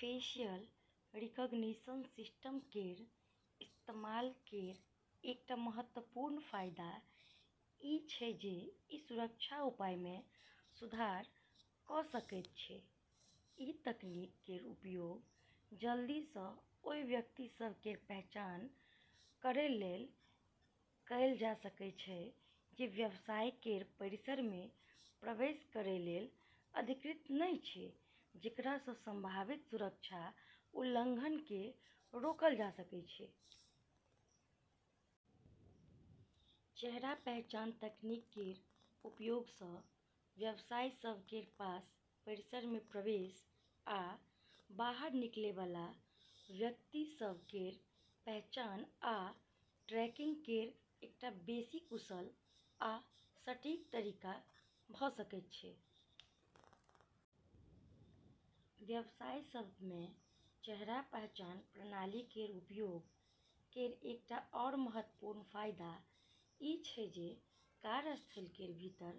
Facial recognition system केर इस्तेमाल केर एकटा महत्वपूर्ण फायदा ई छै जे ई सुरक्षा उपाय मे सुधार कऽ सकैत छै। ई तकनीक केर उपयोग जल्दी सँ ओहि व्यक्ति सभ केर पहचान करै लेल कएल जा सकैत छै जे व्यवसाय केर परिसर मे प्रवेश करै लेल अधिकृत नहि छै, जेकरा सँ संभावित सुरक्षा उल्लंघन केँ रोकल जा सकैत छै। चेहरा पहचान तकनीक केर उपयोग सँ व्यवसाय सभ केर पास परिसर मे प्रवेश आ बाहर निकलै बला व्यक्ति सभ केर पहचान आ ट्रैकिंग केर एकटा बेसी कुशल आ सटीक तरीका भऽ सकैत छै। व्यवसाय सभ मे चेहरा पहचान प्रणाली केर उपयोग केर एकटा आरू महत्वपूर्ण फायदा ई छै जे कार्यस्थल केर भीतर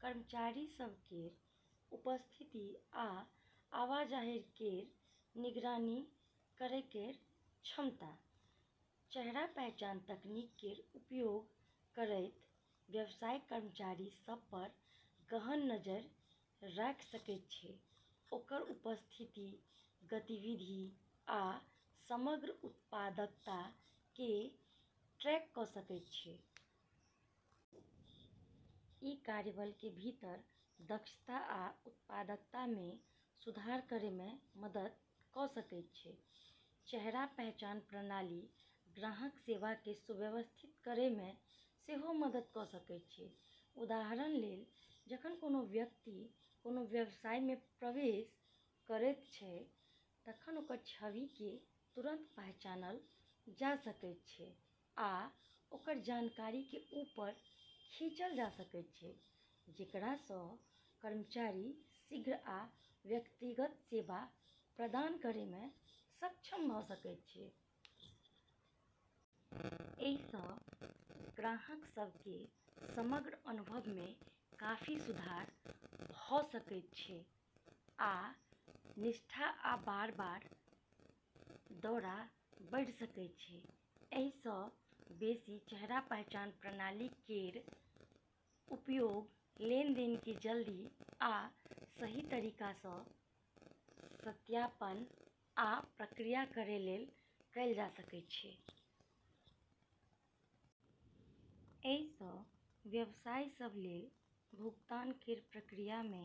कर्मचारी सभ केर उपस्थिति आ आवाजाही केर निगरानी करै केर क्षमता। चेहरा पहचान तकनीक केर उपयोग करैत, व्यवसाय कर्मचारी सभ पर गहन नजरि राखि सकैत छै, ओकर उपस्थिति, गतिविधि आ समग्र उत्पादकता केँ ट्रैक कऽ सकैत छै। ई कार्यबल केर भीतर दक्षता आ उत्पादकता मे सुधार करै मे मदद कऽ सकैत छै। चेहरा पहचान प्रणाली ग्राहक सेवा केँ सुव्यवस्थित करै मे सेहो मदद कऽ सकैत छै। उदाहरण लेल, जखन कोनो व्यक्ति कोनो व्यवसाय मे प्रवेश करैत छै, तखन ओकर छवि केँ तुरंत पहचानल जा सकैत छै आ ओकर जानकारी केँ ऊपर खींचल जा सकैत छै, जेकरा सँ कर्मचारी शीघ्र आ व्यक्तिगत सेवा प्रदान करै मे सक्षम भऽ सकैत छै। एहि सँ ग्राहक सभ केर समग्र अनुभव मे काफी सुधार भऽ सकैत छै आ निष्ठा आ बार-बार दौरा बढ़ि सकैत छै। एहि सँ बेसी, चेहरा पहचान प्रणाली केर उपयोग लेनदेन केँ जल्दी आ सही तरीका सँ सत्यापन आ प्रक्रिया करै लेल कएल जा सकैत छै। एहि सँ व्यवसाय सभ लेल भुगतान केर प्रक्रिया मे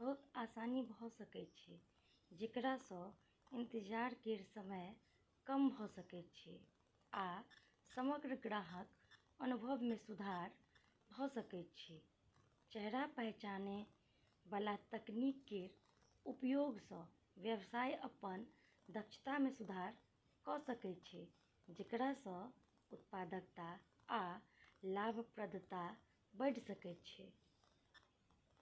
बहुत आसानी भऽ सकैत छै, जेकरा सँ इंतजार केर समय कम भऽ सकैत छै आ समग्र ग्राहक अनुभव मे सुधार भऽ सकैत छै। चेहरा पहचानै बला तकनीक केर उपयोग सँ व्यवसाय अपन दक्षता मे सुधार कऽ सकैत छै, जेकरा सँ उत्पादकता आ लाभप्रदता बढ़ि सकैत छै।